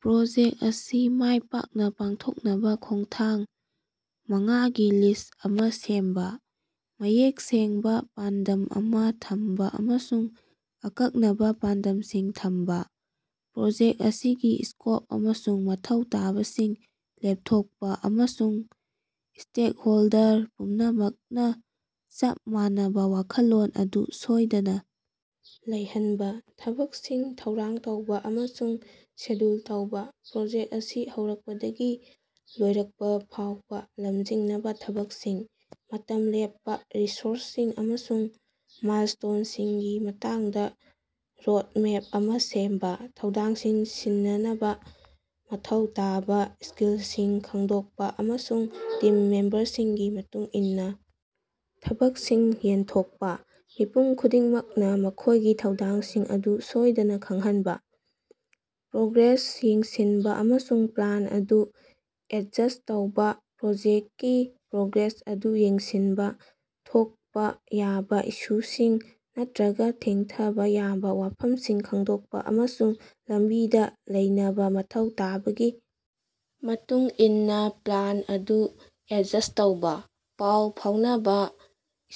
Project ꯑꯁꯤ ꯃꯥꯏꯄꯥꯛꯅ ꯄꯥꯡꯊꯣꯛꯅꯕ ꯈꯣꯡꯊꯥꯡ ꯃꯉꯥꯒꯤ ꯂꯤꯁꯠ ꯑꯃ ꯁꯦꯝꯕ꯫ ꯃꯌꯦꯛ ꯁꯦꯡꯕ ꯄꯥꯟꯗꯝ ꯑꯃ ꯊꯝꯕ ꯑꯃꯁꯨꯡ ꯑꯀꯛꯅꯕ ꯄꯥꯟꯗꯝꯁꯤꯡ ꯊꯝꯕ: ꯄ꯭ꯔꯣꯖꯦꯛ ꯑꯁꯤꯒꯤ ꯁ꯭ꯀꯣꯞ ꯑꯃꯁꯨꯡ ꯃꯊꯧ ꯇꯥꯕꯁꯤꯡ ꯂꯦꯞꯊꯣꯛꯄ ꯑꯃꯁꯨꯡ ꯁ꯭ꯇꯦꯛꯍꯣꯜꯗꯔ ꯄꯨꯝꯅꯃꯛꯅ ꯆꯞ ꯃꯥꯟꯅꯕ ꯋꯥꯈꯜꯂꯣꯟ ꯑꯗꯨ ꯁꯣꯏꯗꯅ ꯂꯩꯍꯟꯕ꯫ ꯊꯕꯛꯁꯤꯡ ꯊꯧꯔꯥꯡ ꯇꯧꯕ ꯑꯃꯁꯨꯡ ꯁꯦꯗ꯭ꯌꯨꯜ ꯇꯧꯕ: ꯄ꯭ꯔꯣꯖꯦꯛ ꯑꯁꯤ ꯍꯧꯔꯛꯄꯗꯒꯤ ꯂꯣꯏꯔꯛꯄꯐꯥꯎꯕ ꯂꯝꯖꯤꯡꯅꯕ ꯊꯕꯛꯁꯤꯡ, ꯃꯇꯝ ꯂꯦꯞꯄ, ꯔꯤꯁꯣꯔꯁꯁꯤꯡ ꯑꯃꯁꯨꯡ ꯃꯥꯏꯜꯁ꯭ꯇꯣꯟꯁꯤꯡꯒꯤ ꯃꯇꯥꯡꯗ ꯔꯣꯗꯃꯦꯞ ꯑꯃ ꯁꯦꯝꯕ꯫ ꯊꯧꯗꯥꯡꯁꯤꯡ ꯁꯤꯟꯅꯅꯕ: ꯃꯊꯧ ꯇꯥꯕꯥ ꯁ꯭ꯀꯤꯜꯁꯤꯡ ꯈꯪꯗꯣꯛꯄ ꯑꯃꯁꯨꯡ ꯇꯤꯝ ꯃꯦꯝꯕꯔꯁꯤꯡꯒꯤ ꯃꯇꯨꯡ ꯏꯟꯅ ꯊꯕꯛꯁꯤꯡ ꯌꯦꯟꯊꯣꯛꯄ꯫ ꯃꯤꯄꯨꯝ ꯈꯨꯗꯤꯡꯃꯛꯅ ꯃꯈꯣꯏꯒꯤ ꯊꯧꯗꯥꯡꯁꯤꯡ ꯑꯗꯨ ꯁꯣꯏꯗꯅ ꯈꯪꯍꯟꯕ꯫ ꯄ꯭ꯔꯣꯒ꯭ꯔꯦꯁ ꯌꯦꯡꯁꯤꯟꯕ ꯑꯃꯁꯨꯡ ꯄ꯭ꯂꯥꯟ ꯑꯗꯨ ꯑꯦꯗꯖꯁ꯭ꯠ ꯇꯧꯕ: ꯄ꯭ꯔꯣꯖꯦꯛꯀꯤ ꯄ꯭ꯔꯣꯒ꯭ꯔꯦꯁ ꯑꯗꯨ ꯌꯦꯡꯁꯤꯟꯕ, ꯊꯣꯛꯄ ꯌꯥꯕ ꯏꯁꯨꯁꯤꯡ ꯅꯠꯇ꯭ꯔꯒ ꯊꯦꯡꯊꯕ ꯌꯥꯕ ꯋꯥꯐꯝꯁꯤꯡ ꯈꯪꯗꯣꯛꯄ, ꯑꯃꯁꯨꯡ ꯂꯝꯕꯤꯗ ꯂꯩꯅꯕ ꯃꯊꯧ ꯇꯥꯕꯒꯤ ꯃꯇꯨꯡ ꯏꯟꯅ ꯄ꯭ꯂꯥꯟ ꯑꯗꯨ ꯑꯦꯗꯖꯁ꯭ꯠ ꯇꯧꯕ꯫ ꯄꯥꯎ ꯐꯥꯑꯣꯅꯕ: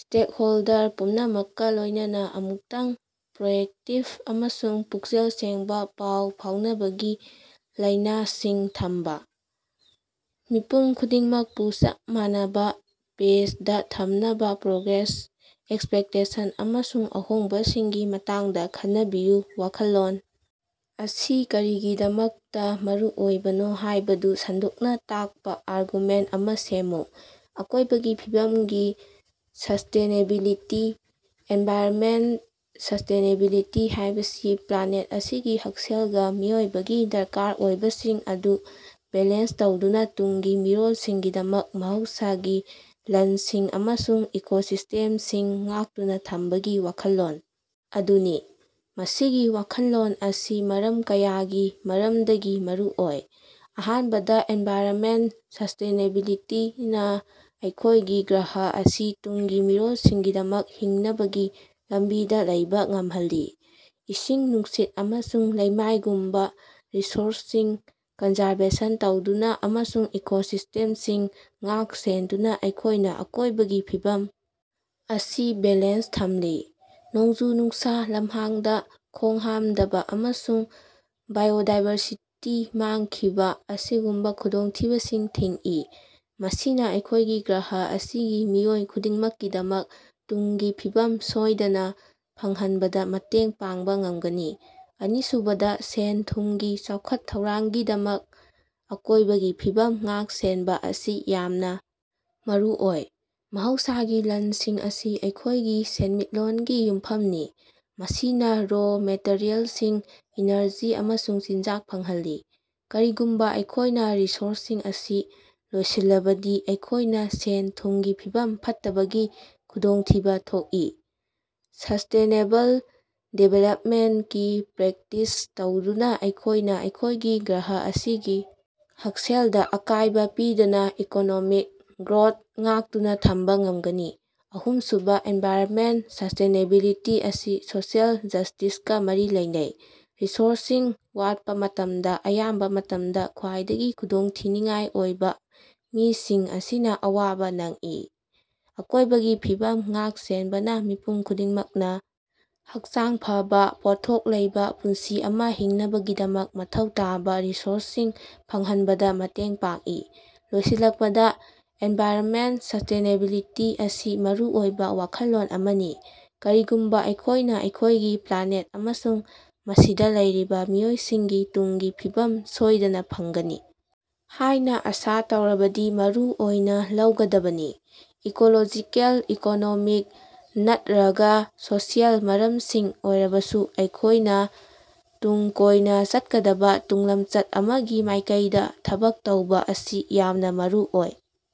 ꯁ꯭ꯇꯦꯛꯍꯣꯜꯗꯔ ꯄꯨꯝꯅꯃꯛꯀ ꯂꯣꯏꯅꯅ ꯑꯃꯨꯛꯇꯪ, ꯄ꯭ꯔꯣꯑꯦꯛꯇꯤꯕ ꯑꯃꯁꯨꯡ ꯄꯨꯛꯆꯦꯜ ꯁꯦꯡꯕ ꯄꯥꯎ ꯐꯥꯎꯅꯕꯒꯤ ꯂꯥꯏꯅꯁꯤꯡ ꯊꯝꯕ꯫ ꯃꯤꯄꯨꯝ ꯈꯨꯗꯤꯡꯃꯛꯄꯨ ꯆꯞ ꯃꯥꯟꯅꯕ ꯄꯦꯖꯗ ꯊꯝꯅꯕ ꯄ꯭ꯔꯣꯒ꯭ꯔꯦꯁ, ꯑꯦꯛꯁꯄꯦꯛꯇꯦꯁꯟ ꯑꯃꯁꯨꯡ ꯑꯍꯣꯡꯕꯁꯤꯡꯒꯤ ꯃꯇꯥꯡꯗ ꯈꯟꯅꯕꯤꯌꯨ꯫ ꯋꯥꯈꯜꯂꯣꯟ ꯁꯤ ꯀꯔꯤꯒꯤꯗꯃꯛꯇ ꯃꯔꯨꯑꯣꯏꯕꯅꯣ ꯍꯥꯏꯕꯗꯨ ꯁꯟꯗꯣꯛꯅ ꯇꯥꯛꯄ ꯑꯥꯔꯒꯨꯃꯦꯟꯠ ꯑꯃ ꯁꯦꯝꯃꯨ꯫ ꯑꯀꯣꯏꯕꯒꯤ ꯐꯤꯕꯝꯒꯤ ꯁꯁ꯭ꯇꯦꯅꯦꯕꯤꯂꯤꯇꯤ꯫ ꯑꯦꯟꯚꯥꯏꯔꯟꯃꯦꯟꯇ ꯁꯁ꯭ꯇꯦꯅꯦꯕꯤꯂꯤꯇꯤ ꯍꯥꯏꯕꯁꯤ ꯄ꯭ꯂꯥꯅꯦꯠ ꯑꯁꯤꯒꯤ ꯍꯛꯁꯦꯜꯒ ꯃꯤꯑꯣꯏꯕꯒꯤ ꯗꯔꯀꯥꯔ ꯑꯣꯏꯕꯁꯤꯡ ꯑꯗꯨ ꯕꯦꯂꯦꯟꯁ ꯇꯧꯗꯨꯅ ꯇꯨꯡꯒꯤ ꯃꯤꯔꯣꯜꯁꯤꯡꯒꯤꯗꯃꯛ ꯃꯍꯧꯁꯒꯤ ꯂꯟꯁꯤꯡ ꯑꯃꯁꯨꯡ ꯏꯀꯣꯁꯤꯁ꯭ꯇꯦꯝꯁꯤꯡ ꯉꯥꯛꯇꯨꯅ ꯊꯝꯕꯒꯤ ꯋꯥꯈꯜꯂꯣꯟ ꯑꯗꯨꯅꯤ꯫ ꯃꯁꯤꯒꯤ ꯋꯥꯈꯜꯂꯣꯟ ꯑꯁꯤ ꯃꯔꯝ ꯀꯌꯥꯒꯤ ꯃꯔꯝꯗꯒꯤ ꯃꯔꯨꯑꯣꯏ꯫ ꯑꯍꯥꯟꯕꯗ, ꯑꯦꯟꯚꯥꯏꯔꯟꯃꯦꯟꯠ ꯁꯁ꯭ꯇꯦꯅꯦꯕꯤꯂꯤꯇꯤꯅ ꯑꯩꯈꯣꯏꯒꯤ ꯒ꯭ꯔꯍ ꯑꯁꯤ ꯇꯨꯡꯒꯤ ꯃꯤꯔꯣꯜꯁꯤꯡꯒꯤꯗꯃꯛ ꯍꯤꯡꯅꯕꯒꯤ ꯂꯝꯕꯤꯗ ꯂꯩꯕ ꯉꯝꯍꯜꯂꯤ꯫ ꯏꯁꯤꯡ, ꯅꯨꯡꯁꯤꯠ, ꯑꯃꯁꯨꯡ ꯂꯩꯃꯥꯏꯒꯨꯝꯕ ꯔꯤꯁꯣꯔꯁꯁꯤꯡ ꯀꯟꯖꯔꯕꯦꯁꯟ ꯇꯧꯗꯨꯅ, ꯑꯃꯁꯨꯡ ꯏꯀꯣꯁꯤꯁ꯭ꯇꯦꯝꯁꯤꯡ ꯉꯥꯛ-ꯁꯦꯟꯗꯨꯅ ꯑꯩꯈꯣꯏꯅ ꯑꯀꯣꯏꯕꯒꯤ ꯐꯤꯕꯝ ꯑꯁꯤ ꯕꯦꯂꯦꯟꯁ ꯊꯝꯂꯤ, ꯅꯣꯡꯖꯨ-ꯅꯨꯡꯁꯥ, ꯂꯝꯍꯥꯡꯗ ꯈꯣꯡꯍꯥꯝꯗꯕ, ꯑꯃꯁꯨꯡ ꯕꯥꯏꯑꯣꯗꯥꯏꯕꯔꯁꯤꯇꯤ ꯃꯥꯡꯈꯤꯕ ꯑꯁꯤꯒꯨꯝꯕ ꯈꯨꯗꯣꯡꯊꯤꯕꯁꯤꯡ ꯊꯤꯡꯏ꯫ ꯃꯁꯤꯅ ꯑꯩꯈꯣꯏꯒꯤ ꯒ꯭ꯔꯍ ꯑꯁꯤꯒꯤ ꯃꯤꯑꯣꯏ ꯈꯨꯗꯤꯡꯃꯛꯀꯤꯗꯃꯛ ꯇꯨꯡꯒꯤ ꯐꯤꯕꯝ ꯁꯣꯏꯗꯅ ꯐꯪꯍꯟꯕꯗ ꯃꯇꯦꯡ ꯄꯥꯡꯕ ꯉꯝꯒꯅꯤ꯫ ꯑꯅꯤꯁꯨꯕꯗ, ꯁꯦꯟ-ꯊꯨꯝꯒꯤ ꯆꯥꯎꯈꯠ-ꯊꯧꯔꯥꯡꯒꯤꯗꯃꯛ ꯑꯀꯣꯏꯕꯒꯤ ꯐꯤꯕꯝ ꯉꯥꯛ-ꯁꯦꯟꯕ ꯑꯁꯤ ꯌꯥꯝꯅ ꯃꯔꯨꯑꯣꯏ꯫ ꯃꯍꯧꯁꯥꯒꯤ ꯂꯟꯁꯤꯡ ꯑꯁꯤ ꯑꯩꯈꯣꯏꯒꯤ ꯁꯦꯟꯃꯤꯠꯂꯣꯟꯒꯤ ꯌꯨꯝꯐꯝꯅꯤ, ꯃꯁꯤꯅ ꯔꯣ ꯃꯦꯇꯔꯤꯌꯦꯜꯁꯤꯡ, ꯏꯅꯔꯖꯤ, ꯑꯃꯁꯨꯡ ꯆꯤꯟꯖꯥꯛ ꯐꯪꯍꯜꯂꯤ꯫ ꯀꯔꯤꯒꯨꯝꯕ ꯑꯩꯈꯣꯏꯅ ꯔꯤꯁꯣꯔꯁꯁꯤꯡ ꯑꯁꯤ ꯂꯣꯏꯁꯤꯜꯂꯕꯗꯤ ꯑꯩꯈꯣꯏꯅ ꯁꯦꯟ-ꯊꯨꯝꯒꯤ ꯐꯤꯕꯝ ꯐꯠꯇꯕꯒꯤ ꯈꯨꯗꯣꯡꯊꯤꯕ ꯊꯣꯛꯏ꯫ ꯁꯁ꯭ꯇꯦꯅꯦꯕꯜ ꯗꯤꯕꯦꯂꯞꯃꯦꯟꯠꯀꯤ ꯄ꯭ꯔꯦꯛꯇꯤꯁ ꯇꯧꯗꯨꯅ ꯑꯩꯈꯣꯏꯅ ꯑꯩꯈꯣꯏꯒꯤ ꯒ꯭ꯔꯍ ꯑꯁꯤꯒꯤ ꯍꯛꯁꯦꯜꯗ ꯑꯀꯥꯏꯕ ꯄꯤꯗꯅ ꯏꯀꯣꯅꯣꯃꯤꯛ ꯒ꯭ꯔꯣꯊ ꯉꯥꯛꯇꯨꯅ ꯊꯝꯕ ꯉꯝꯒꯅꯤ꯫ ꯑꯍꯨꯝꯁꯨꯕ, ꯑꯦꯟꯚꯥꯏꯔꯟꯃꯦꯟꯠ ꯁꯁ꯭ꯇꯦꯅꯦꯕꯤꯂꯤꯇꯤ ꯑꯁꯤ ꯁꯣꯁꯤꯑꯦꯜ ꯖꯁ꯭ꯇꯤꯁꯀ ꯃꯔꯤ ꯂꯩꯅꯩ꯫ ꯔꯤꯁꯣꯔꯁꯁꯤꯡ ꯋꯥꯠꯄ ꯃꯇꯝꯗ, ꯑꯌꯥꯝꯕ ꯃꯇꯝꯗ ꯈ꯭ꯋꯥꯏꯗꯒꯤ ꯈꯨꯗꯣꯡꯊꯤꯅꯤꯉꯥꯏ ꯑꯣꯏꯕ ꯃꯤꯁꯤꯡ ꯑꯁꯤꯅ ꯑꯋꯥꯕ ꯅꯪꯏ꯫ ꯑꯀꯣꯏꯕꯒꯤ ꯐꯤꯕꯝ ꯉꯥꯛ-ꯁꯦꯟꯕꯅ ꯃꯤꯄꯨꯝ ꯈꯨꯗꯤꯡꯃꯛꯅ ꯍꯛꯆꯥꯡ ꯐꯕ, ꯄꯣꯠꯊꯣꯛ ꯂꯩꯕ ꯄꯨꯟꯁꯤ ꯑꯃ ꯍꯤꯡꯅꯕꯒꯤꯗꯃꯛ ꯃꯊꯧ ꯇꯥꯕꯥ ꯔꯤꯁꯣꯔꯁꯁꯤꯡ ꯐꯪꯍꯟꯕꯗ ꯃꯇꯦꯡ ꯄꯥꯡꯏ꯫ ꯂꯣꯏꯁꯤꯜꯂꯛꯄꯗ, ꯑꯦꯟꯚꯥꯏꯔꯟꯃꯦꯟꯠ ꯁꯁ꯭ꯇꯦꯅꯦꯕꯤꯂꯤꯇꯤ ꯑꯁꯤ ꯃꯔꯨ ꯑꯣꯏꯕ ꯋꯥꯈꯜꯂꯣꯟ ꯑꯃꯅꯤ, ꯀꯔꯤꯒꯨꯝꯕꯥ ꯑꯩꯈꯣꯏꯅ ꯑꯩꯈꯣꯏꯒꯤ ꯄ꯭ꯂꯥꯅꯦꯠ ꯑꯃꯁꯨꯡ ꯃꯁꯤꯗ ꯂꯩꯔꯤꯕ ꯃꯤꯑꯣꯏꯁꯤꯡꯒꯤ ꯇꯨꯡꯒꯤ ꯐꯤꯕꯝ ꯁꯣꯏꯗꯅ ꯐꯪꯒꯅꯤ ꯍꯥꯏꯅ ꯑꯁꯥ ꯇꯧꯔꯕꯗꯤ ꯃꯔꯨ ꯑꯣꯏꯅ ꯂꯧꯒꯗꯕꯅꯤ꯫ ꯏꯀꯣꯂꯣꯖꯤꯀꯦꯜ, ꯏꯀꯣꯅꯣꯃꯤꯛ, ꯅꯠꯔꯒ ꯁꯣꯁꯤꯌꯦꯜ ꯃꯔꯝꯁꯤꯡ ꯑꯣꯏꯔꯕꯁꯨ, ꯑꯩꯈꯣꯌꯅ ꯇꯨꯡ ꯀꯣꯏꯅ ꯆꯠꯀꯗꯕ ꯇꯨꯡꯂꯝꯆꯠ ꯑꯃꯒꯤ ꯃꯥꯏꯀꯩꯗ ꯊꯕꯛ ꯇꯧꯕ ꯑꯁꯤ ꯌꯥꯝꯅ ꯃꯔꯨ ꯑꯣꯏ꯫